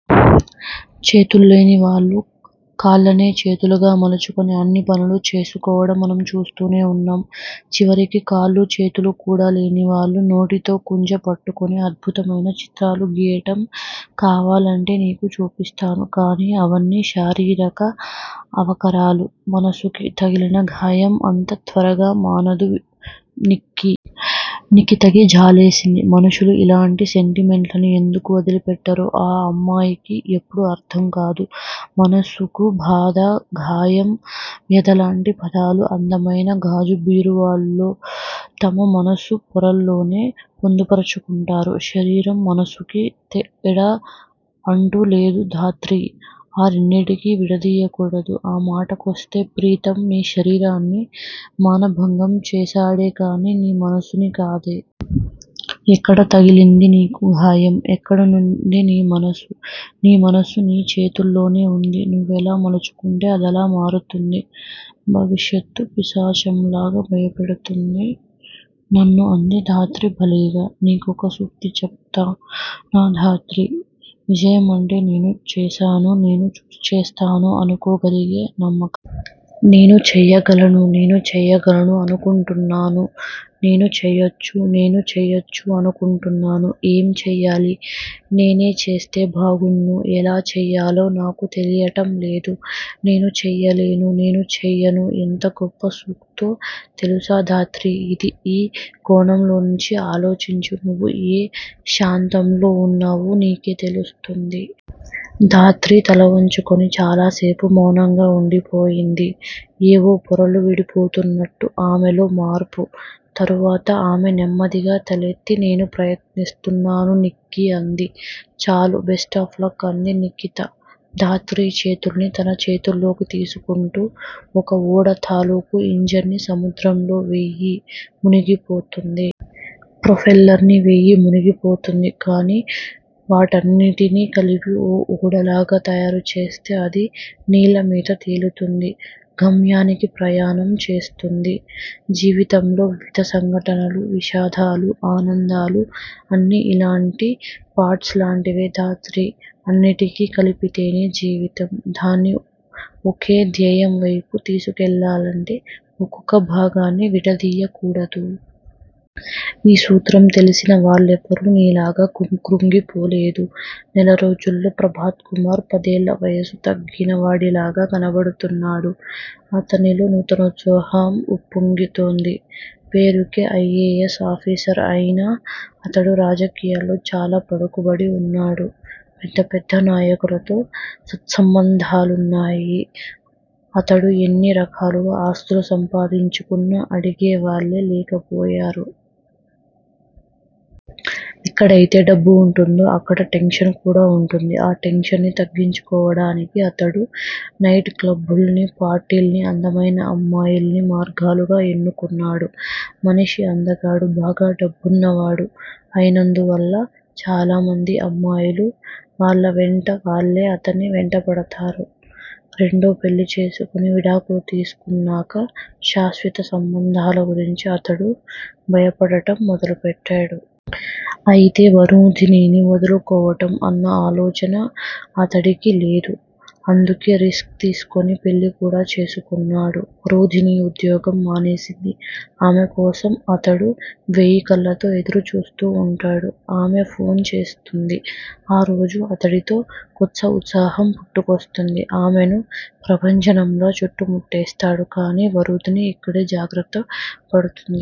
చేతుల్లేని వాళ్ళు కాళ్ళనే చేతులుగా మలుచుకోని అన్ని పనులు చేసుకోవటం మనం చూస్తూనే వున్నాం. చివరికి కాళ్ళూ, చేతులూ కూడా లేని వాళ్ళు, నోటితో కుంచె పట్టుకుని అద్భుతమైన చిత్రాలు గీయటం కావాలంటే నీకు చూపిస్తాను. కానీ, అవన్నీ శారీరక అవకరాలు. మనసుకి తగిలిన గాయం అంత త్వరగా మానదు నిక్కీ. నిఖితకి జాలేసింది. మనుషులు ఇలాంటి సెంటిమెంట్లని ఎందుకు వదిలిపెట్టరో ఆ అమ్మాయికి ఎప్పుడూ అర్థంకాదు. మనసు, బాధ, గాయం, వ్యధలాంటి పదాలు అందమైన గాజు బీరువాల్లోలా తమ మనసు పొరల్లోనే పొందుపరచుకుంటారు. శరీరానికి, మనసుకీ తేడా అంటూ లేదు ధాత్రీ! ఆ రెంటినీ విడదీయకు. ఆ మాటకొస్తే ప్రీతమ్ నీ శరీరాన్ని మానభంగం చేశాడేకానీ నీ మనసుని కాదే! ఎక్కడ తగిలింది నీకు గాయం? ఎక్కడుంది నీ మనసు? నీ మనసు నీ చేతుల్లోనే వుంది. నువ్వెలా మలుచుకుంటే అదలా మారుతుంది. భవిష్యత్తు పిశాచంలాగా భయపెడుతోంది నన్ను అంది ధాత్రి బేలగా. నీకొక సూక్తి చెప్పనా ధాత్రీ. విజయమంటే నేను చేశాను నేను చేస్తాను అనుకోగలిగే నమ్మకం. నేను చేయగలను. నేను చేయగలను అనుకుంటున్నాను. నేను చెయ్యొచ్చు. నేను చెయ్యొచ్చు అనుకుంటున్నాను. ఏం చెయ్యాలి? నేనే చేస్తే బాగుణ్ను. ఎలా చెయ్యాలో నాకు తెలియటంలేదు. నేను చెయ్యలేను. నేను చెయ్యను. ఎంత గొప్ప సూక్తో తెలుసా ధాత్రీ ఇది! ఈ కోణంలోంచి ఆలోచించు. నువ్వు ఏ శాంతంలో వున్నావో నీకే తెలుస్తుంది. ధాత్రి తలవంచుకొని చాలాసేపు మౌనంగా వుండిపోయింది. ఏవో పొరలు విడిపోతున్నట్టు ఆమెలో మార్పు. తరువాత ఆమె నెమ్మదిగా తలెత్తి నేను ప్రయత్నిస్తాను నిక్కీ అంది. చాలు బెస్టాఫ్ లక్ అంది నిఖిత ధాత్రి చేతుల్ని తన చేతుల్లోకి తీసుకుంటూ. ఒక ఓడ తాలూకు ఇంజన్ ని సముద్రంలో వెయ్యి, మునిగిపోతుంది. ప్రోఫెల్లర్ ని వెయ్యి మునిగిపోతుంది. కానీ వాటిన్నింటినీ కలిపి ఒక ఓడలాగా తయారుచేస్తే అది నీళ్ళమీద తేలుతుంది. గమ్యానికి ప్రయాణం చేస్తుంది. జీవితంలో వివిధ సంఘటనలు, విషాదాలు, ఆనందాలు అన్నీ ఇలాంటి పార్ట్స్ లాంటివే ధాత్రీ. అన్నిటినీ కలిపితేనే జీవితం. దాన్ని ఒక ధ్యేయంవైపు తీసుకెళ్ళాలంటే ఒక్కొక్క భాగాన్నీ విడదీయకూడదు. ఈ సూత్రం తెలిసిన వాళ్లెవరూ నీలాగా కృంగిపోలేదు. నెలరోజుల్లో ప్రభాత్ కుమార్ పదేళ్ళ వయసు తగ్గిన వాడిలాగా కనపడుతున్నాడు. అతనిలో నూతనోత్సాహం ఉప్పొంగుతోంది. పేరుకి ఐ. ఎ. ఎస్. ఆఫీసర్ అయినా అతడు రాజకీయాల్లో చాలా పలుకుబడి వున్నాడు. పెద్ద పెద్ద నాయకులతో సత్సంబంధాలున్నాయి. అతడు ఎన్ని రకాలుగా ఆస్తులు సంపాదించుకున్నా అడిగేవాళ్ళే లేకపొయ్యారు. ఎక్కడైతే డబ్బుంటుందో అక్కడ టెన్షన్ కూడా వుంటుంది. ఆ టెన్షన్ ని తగ్గించుకోవటానికి అతడు నైట్ క్లబ్బుల్ని, పార్టీల్ని, అందమైన అమ్మాయిల్ని మార్గాలుగా ఎన్నుకున్నాడు. మనిషి అందగాడు, బాగా డబ్బున్వాడు అయినందువల్ల చాలామంది అమ్మాయిలు వాళ్ళంతట వాళ్ళే అతని వెంటపడేవారు. రెండోపెళ్ళి చేసుకొని విడాకులు తీసుకున్నాక శాశ్వత సంబంధాల గురించి అతడు భయపడటం మొదలుపెట్టాడు. అయితే వరూధినిని వదులుకోవటం అన్న ఆలోచనే అతడికి లేదు. అందుకే రిస్క్ తీసుకొని పెళ్ళికూడా చేసుకున్నాడు. వరూధిని ఉద్యోగం మానేసింది. ఆమెకోసం అతడు వెయ్యికళ్ళతో ఎదురుచూస్తూ వుంటాడు. ఆమె ఫోన్ చేస్తుంది. ఆ రోజు అతడిలో కొత్తఉత్సాహం పుట్టుకొస్తుంది. ఆమెను ప్రభంజనంలా చుట్టుముట్టేస్తాడు. కానీ వరూధిని ఇక్కడే జాగ్రత్త పడుతుంది.